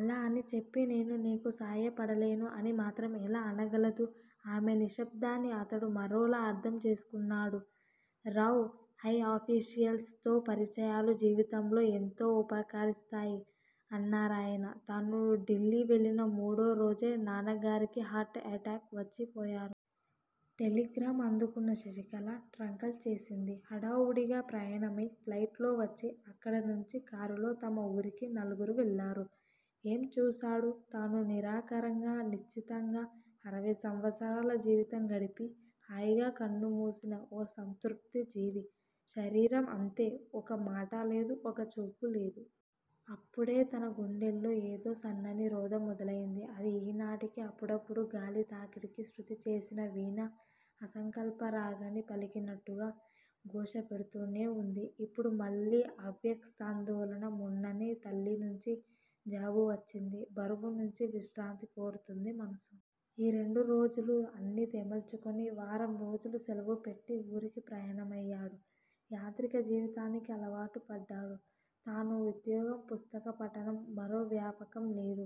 అలా అని చెప్పి, నేను నీకు సాయపడలేను అని మాత్రం ఎలా అనగలదు? ఆమె నిశ్శబ్దాన్ని అతడు మరోలా అర్థం చేసుకున్నాడు. రావ్! హై అఫీషియల్స్ తో పరిచయాలు జీవితంలో ఎంతో ఉపకరిస్తాయి అన్నారాయన. తను డిల్లి వెళ్ళిన మూడో రోజే నాన్నగారికి హార్ట్ ఎటాక్ వచ్చి పోయారు. టెలిగ్రాం అందుకున్న శశికళ ట్రంకాల్ చేసింది. హడావుడిగా ప్రయాణమై ఫ్లైట్ లో వచ్చి అక్కడ నుంచి కారులో తమ ఊరికి నలుగురూ వెళ్ళేరు. ఏం చూశాడు తను నిరికారంగా నిశ్చింతగా అరవై సంవత్సరాల జీవితం గడిపి హాయిగా కన్ను మూసిన ఓ సంతృప్తి జివి. శరీరం అంతే- ఒకమాటలేదు ఒక చూపులేదు. అప్పుడె తన గుండెల్లో ఏదో సన్నని రోద మొదలైంది. అది ఈ నాటికీ అప్పుడప్పుడు గాలి తాకిడికి శృతి చేసిన వీణ అసంకల్ప రాగాన్ని పలికినట్టుగా ఘోష పెడుతూనే వుంది. ఇప్పుడు మళ్ళీ అవ్య క్తాందోళన మొన్ననే తల్లి నుంచి జాబు వచ్చింది. బరువు నుంచి విశ్రాంతి కోరుతుంది మనస్సు. ఈ రెండు రోజులు అన్నీ తెమల్చుకొని వారం రోజులు సెలవు పెట్టి ఊరికి ప్రయాణమయ్యాడు. యాంత్రిక జీవితానికి అలవాటు పడ్డాడు. తను ఉద్యోగం పుస్తక పఠనం మరో వ్యాపకం లేదు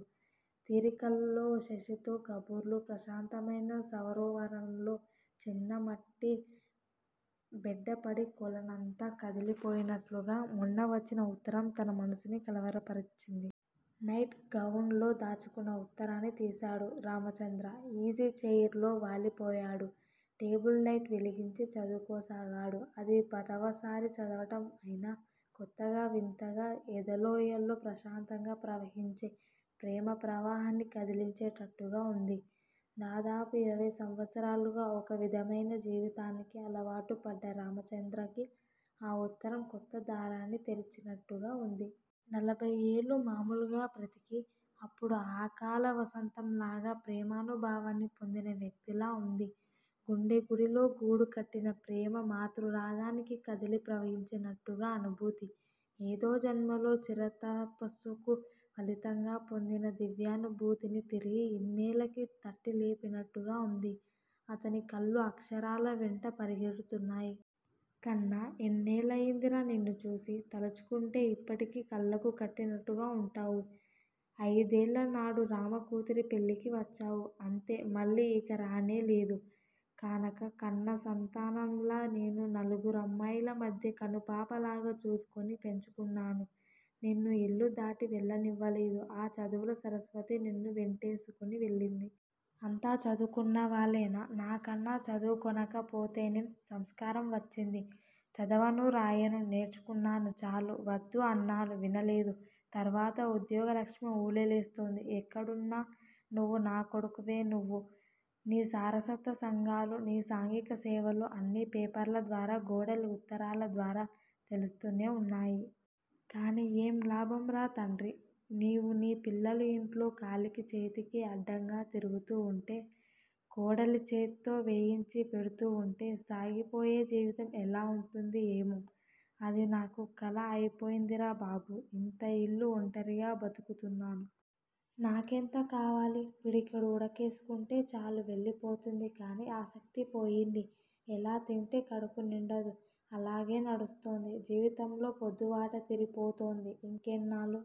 తిరికలో శశితో కబుర్లు. ప్రశాంతమైన సరోవరంలో చిన్న మట్టి బెడ్డపడి కొలనంతా కదలిపోయినట్లుగా మొన్న వచ్చిన ఉత్తరం తన మనస్సుని కలవరపరచింది. నైట్ గవున్ లో దాచుకున్న ఉత్తరాన్ని తీశాడు రామచంద్ర. ఈజీ చెయిర్ లో వాలిపోయాడు. టేబుల్ లైట్ వెలిగించి చదువుకోసాగాడు. అది పదవసారి చదవటం అయినా కొత్తగా వింతగా ఎదలోయాల్లో ప్రశాంతంగా ప్రవహించే ప్రేమ ప్రవాహాన్ని కదిలించేటట్టుగా ఉంది. దాదాపు ఇరవై సంవత్సరాలుగా ఒక విధమైన జీవితానికి అలవాటు పడ్డ రామచంద్రకి ఆ ఉత్తరం కొత్త దారాన్ని తెరచినట్టుగా వుంది. నలభైయేళ్ళు మాములుగా బ్రతికి అప్పుడు అకాల వసంతంలాగా ప్రేమానుభవాన్ని పొందిన వ్యక్తిలా ఉంది. గుండె గుడిలో గూడు కట్టిన ప్రేమ మాతృరాగానికి కదలి ప్రవహించినట్టుగా అనుభూతి. ఏదో జన్మలో చిరతపస్సుకు ఫలితంగా పొందిన దివ్యానుభుతిని తిరిగి యిన్నేళ్ళకి తట్టి లేపినట్టుగా వుంది. అతని కళ్ళు అక్షరాల వెంట పరిగెడుతున్నాయి. కన్నా! ఎన్నేళ్ళయిందిరా నిన్ను చూసి. తలుచుకుంటే ఇప్పటికి కళ్ళకు కట్టినట్లుగా వుంటావు. అయిదేళ్ళ నాడు రమ కూతురి పెళ్ళికి వచ్చావు. అంతే మళ్ళీ యిక రానేలేదు. కానక కన్న సంతానంలా నేను నలుగురమ్మాయిల మధ్య కనుపాపలాగా చూసుకొని పెంచుకున్నాను. నిన్ను యిల్లు దాటి వెళ్ళనివలేదు. ఆ చదువుల సరస్వతి నిన్ను వెంటేసుకుని వెళ్ళింది. అంతా చదువుకొన్నవాళ్ళేనా! నా కన్న చదువుకోనక పోతేనేం సంస్కారం వచ్చింది చదవను రాయను నేర్చుకున్నాడు చాలు. వద్దు అన్నాను వినలేదు. తరువాత ఉద్యోగలక్ష్మి ఉల్లేలిస్తోంది. ఎక్కడున్నా నువు నా కొడుకువే నువు, నీ సారసత సంఘాలు, నీ సాంఘిక సేవలు అన్నీ పేపర్ల ద్వారా గోడలి ఉత్తరాల ద్వారా తెలుస్తూనే వున్నాయి. కానీ ఏం లాభం రా తండ్రి! నీవు నీ పిల్లలు యింట్లో కాలికి చేతికి అడ్డంగా తిరుగుతూ ఉంటె కోడలి చేత్తో వేయించి పెడుతూ వుంటే సాగిపోయే జీవితం ఎలా వుంటుంది? ఏమో? అది నాకు 'కల' అయిపొయిందిరా బాబూ ఇంత యిల్లు ఒంటరిగా బతుకుతున్నాను. నాకెంత కావాలి? పిడికెడు ఉడకేసుకుంటే చాలు వెళ్ళిపోతుంది కానీ, ఆసక్తి పోయింది. ఎలా తింటే కడుపు నిండదు! అలాగే నడుస్తోంది. జీవితంలో పొద్దువాటారిపోతోంది. ఇంకెన్నాళ్ళు